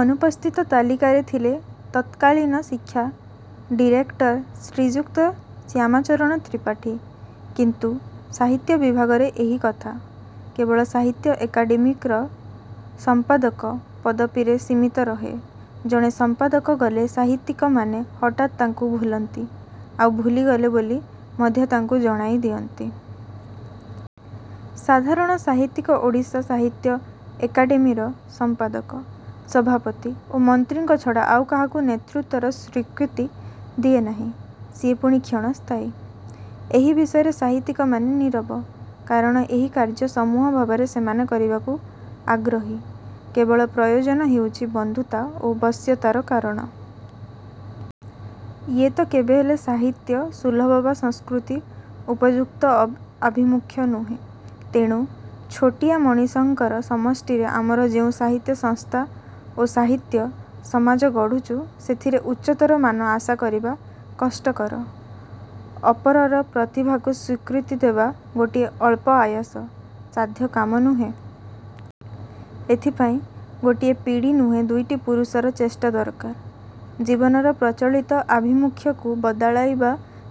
ଅନୁପସ୍ଥିତ ତାଲିକାରେ ଥିଲେ ତତ୍କାଳୀନ ଶିକ୍ଷା ଡିରେକ୍ଟର ଶ୍ରୀଯୁକ୍ତ ଶ୍ୟାମାଚରଣ ତ୍ରିପାଠୀ। କିନ୍ତୁ ସାହିତ୍ୟ ବିଭାଗରେ ଏହିକଥା। କେବଳ ସାହିତ୍ୟ ଏକାଡେମିର ସଂପାଦକ ପଦବୀରେ ସୀମିତ ରହେ। ଜଣେ ସମ୍ପାଦକ ଗଲେ ସାହିତ୍ୟିକମାନେ ହଠାତ୍ ତାଙ୍କୁ ଭୁଲନ୍ତି। ଆଉ ଭୁଲିଗଲେ ବୋଲି ମଧ୍ୟ ତାଙ୍କୁ ଜଣାଇ ଦିଅନ୍ତି। ସାଧାରଣ ସାହିତ୍ୟିକ ଓଡ଼ିଶା ସାହିତ୍ୟ ଏକାଡେମିର ସଂପାଦକ, ସଭାପତି ଓ ମନ୍ତ୍ରୀଙ୍କ ଛଡ଼ା ଆଉ କାହାକୁ ନେତୃତ୍ୱର ସ୍ୱୀକୃତି ଦିଏ ନାହିଁ-ସିଏ ପୁଣି କ୍ଷଣସ୍ଥାୟୀ। ଏହି ବିଷୟରେ ସାହିତ୍ୟିକମାନେ ନିରବ। କାରଣ ଏହି କାର୍ଯ୍ୟ ସମୂହ ଭାବରେ ସେମାନେ କରିବାକୁ ଆଗ୍ରହୀ। କେବଳ ପ୍ରୟୋଜନ ହେଉଛି ବନ୍ଧୁତା ଓ ବଶ୍ୟତାର କାରଣ। ଇଏ ତ କେବେହେଲେ ସାହିତ୍ୟ-ସୁଲଭ ବା ସଂସ୍କୃତି-ଉପଯୁକ୍ତ ଆଭିମୁଖ୍ୟ ନୁହେଁ। ତେଣୁ ଛୋଟିଆ ମଣିଷଙ୍କର ସମଷ୍ଟିରେ ଆମର ଯେଉଁ ସାହିତ୍ୟ ସଂସ୍ଥା ଓ ସାହିତ୍ୟ-ସମାଜ ଗଢ଼ୁଛୁ ସେଥିରେ ଉଚ୍ଚତର ମାନ ଆଶା କରିବା କଷ୍ଟକର। ଅପରର ପ୍ରତିଭାକୁ ସ୍ୱୀକୃତି ଦେବା ଗୋଟିଏ ଅଳ୍ପ ଆୟାସ-ସାଧ୍ୟ କାମ ନୁହେଁ। ଏଥିପାଇଁ ଗୋଟିଏ ପୀଡ଼ି ନୁହେଁ ଦୁଇଟି ପୁରୁଷର ଚେଷ୍ଟା ଦରକାର। ଜୀବନର ପ୍ରଚଳିତ ଆଭିମୁଖ୍ୟକୁ ବଦଳାଇବା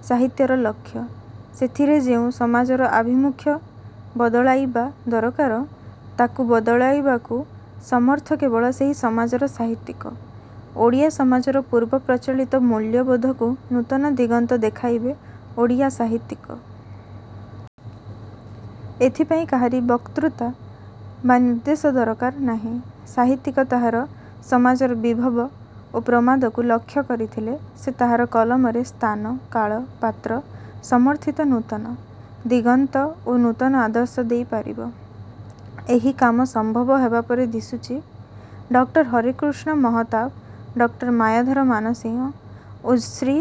ସାହିତ୍ୟର ଲକ୍ଷ୍ୟ। ସେଥିରେ ଯେଉଁ ସମାଜର ଆଭିମୁଖ୍ୟ ବଦଳାଇବା ଦରକାର, ତାକୁ ବଦଳାଇବାକୁ ସମର୍ଥ କେବଳ ସେହି ସମାଜର ସାହିତ୍ୟିକ। ଓଡ଼ିଆ ସମାଜର ପୂର୍ବପ୍ରଚଳିତ ମୂଲ୍ୟବୋଧକୁ ନୂତନ ଦିଗନ୍ତ ଦେଖାଇବେ ଓଡ଼ିଆ ସାହିତ୍ୟିକ। ଏଥିପାଇଁ କାହାରି ବକ୍ତୃତା ବା ନିର୍ଦ୍ଦେଶ ଦରକାର ନାହିଁ। ସାହିତ୍ୟିକ ତାହାର ସମାଜର ବିଭବ ଓ ପ୍ରମାଦକୁ ଲକ୍ଷ୍ୟ ରଖିଥିଲେ ସେ ତାହାର କଲମରେ ସ୍ଥାନ-କାଳ-ପାତ୍ର-ସମର୍ଥିତ ନୂତନ। ଦିଗନ୍ତ ଓ ନୂତନ ଆଦର୍ଶ ଦେଇ ପାରିବ। ଏହି କାମ ସମ୍ଭବ ହେବା ପରି ଦିଶୁଛି-ଡକ୍ଟର ହରେକୃଷ୍ଣ ମହତାବ, ଡକ୍ଟର ମାୟାଧର ମାନସିଂହ ଓ ଶ୍ରୀ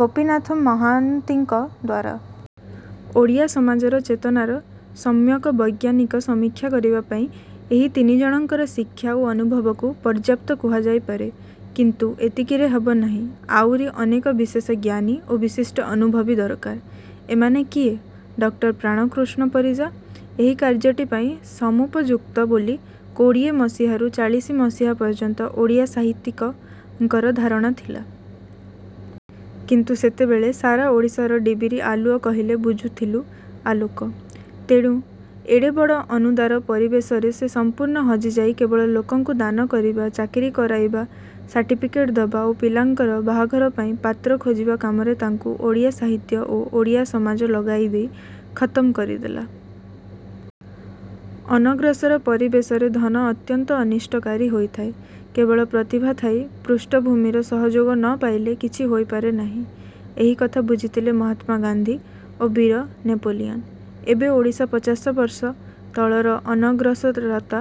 ଗୋପୀନାଥ ମହାନ୍ତିଙ୍କ ଦ୍ୱାରା। ଓଡ଼ିଆ ସମାଜର ଚେତନାର ସମ୍ୟକ ବୈଜ୍ଞାନିକ ସମୀକ୍ଷା କରିବାପାଇଁ ଏହି ତିନିଜଣଙ୍କର ଶିକ୍ଷା ଓ ଅନୁଭବକୁ ପର୍ଯ୍ୟାପ୍ତ କୁହାଯାଇପାରେ। କିନ୍ତୁ ଏତିକିରେ ହେବ ନାହିଁ। ଆଉରି ଅନେକ ବିଶେଷ ଜ୍ଞାନୀ ଓ ବିଶିଷ୍ଟ ଅନୁଭବୀ ଦରକାର। ଏମାନେ କିଏ? ଡକ୍ଟର ପ୍ରାଣକୃଷ୍ଣ ପରିଜା ଏହି କାର୍ଯ୍ୟଟି ପାଇଁ ସମୁପଯୁକ୍ତ ବୋଲି କୋଡ଼ିଏମସିହାରୁ ଚାଳିଶିମସିହା ପର୍ଯ୍ୟନ୍ତ ଓଡ଼ିଆ ସାହିତ୍ୟକଙ୍କର ଧାରଣା ଥିଲା। କିନ୍ତୁ ସେତେବେଳେ ସାରା ଓଡ଼ିଶାର ଡିବିରି ଆଲୁଅ କହିଲେ ବୁଝୁଥିଲୁ ଆଲୋକ। ତେଣୁ ଏତେ ବଡ଼ ଅନୁଦାର ପରିବେଶରେ ସେ ସମ୍ପୂର୍ଣ୍ଣ ହଜିଯାଇ କେବଳ ଲୋକଙ୍କୁ ଦାନ କରିବା, ଚାକିରି କରାଇବା, ସାର୍ଟିଫିକେଟ ଦବା ଓ ପିଲାଙ୍କର ବାହାଘର ପାଇଁ ପାତ୍ର ଖୋଜିବା କାମରେ ତାଙ୍କୁ ଓଡ଼ିଆ ସାହିତ୍ୟ ଓ ଓଡ଼ିଆ ସମାଜ ଲଗାଇ ଦେଇ ଖତମ୍ କରିଦେଲା। ଅନଗ୍ରସର ପରିବେଶରେ ଧନ ଅତ୍ୟନ୍ତ ଅନିଷ୍ଟକାରୀ ହୋଇଥାଏ। କେବଳ ପ୍ରତିଭା ଥାଇ ପୃଷ୍ଠଭୂମିର ସହଯୋଗ ନ ପାଇଲେ କିଛି ହୋଇପାରେ ନାହିଁ। ଏହିକଥା ବୁଝିଥିଲେ ମହାତ୍ମା ଗାନ୍ଧୀ ଓ ବୀର ନେପୋଲିଅନ୍। ଏବେ ଓଡ଼ିଶା ପଚାଶବର୍ଷ ତଳର ଅନଗ୍ରସରତା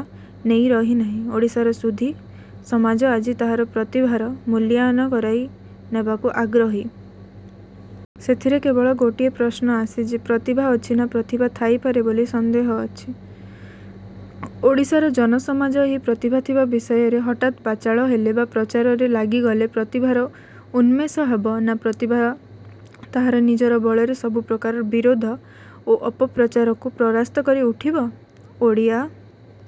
ନେଇ ରହି ନାହିଁ। ଓଡ଼ିଶାର ସୁଧୀ ସମାଜ ଆଜି ତାହାର ପ୍ରତିଭାର ମୂଲ୍ୟାୟନ କରାଇନେବାକୁ ଆଗ୍ରହୀ। ସେଥିରେ କେବଳ ଗୋଟିଏ ପ୍ରଶ୍ନ ଆସେ ଯେ ପ୍ରତିଭା ଅଛି ନା ପ୍ରତିଭା ଥାଇପାରେ ବୋଲି ସନ୍ଦେହ ଅଛି? ଓଡ଼ିଶାର ଜନସମାଜ ଏହି ପ୍ରତିଭା ଥିବା ବିଷୟରେ ହଠାତ୍ ବାଚାଳ ହେଲେ ବା ପ୍ରଚାରରେ ଲାଗିଗଲେ ପ୍ରତିଭାର ଉନ୍ମେଷ ହେବ ନା ପ୍ରତିଭା ତାହାର ନିଜର ବଳରେ ସବୁପ୍ରକାରର ବିରୋଧ ଓ ଅପପ୍ରଚାରକୁ ପରାସ୍ତ କରି ଉଠିବ? ଓଡ଼ିଆ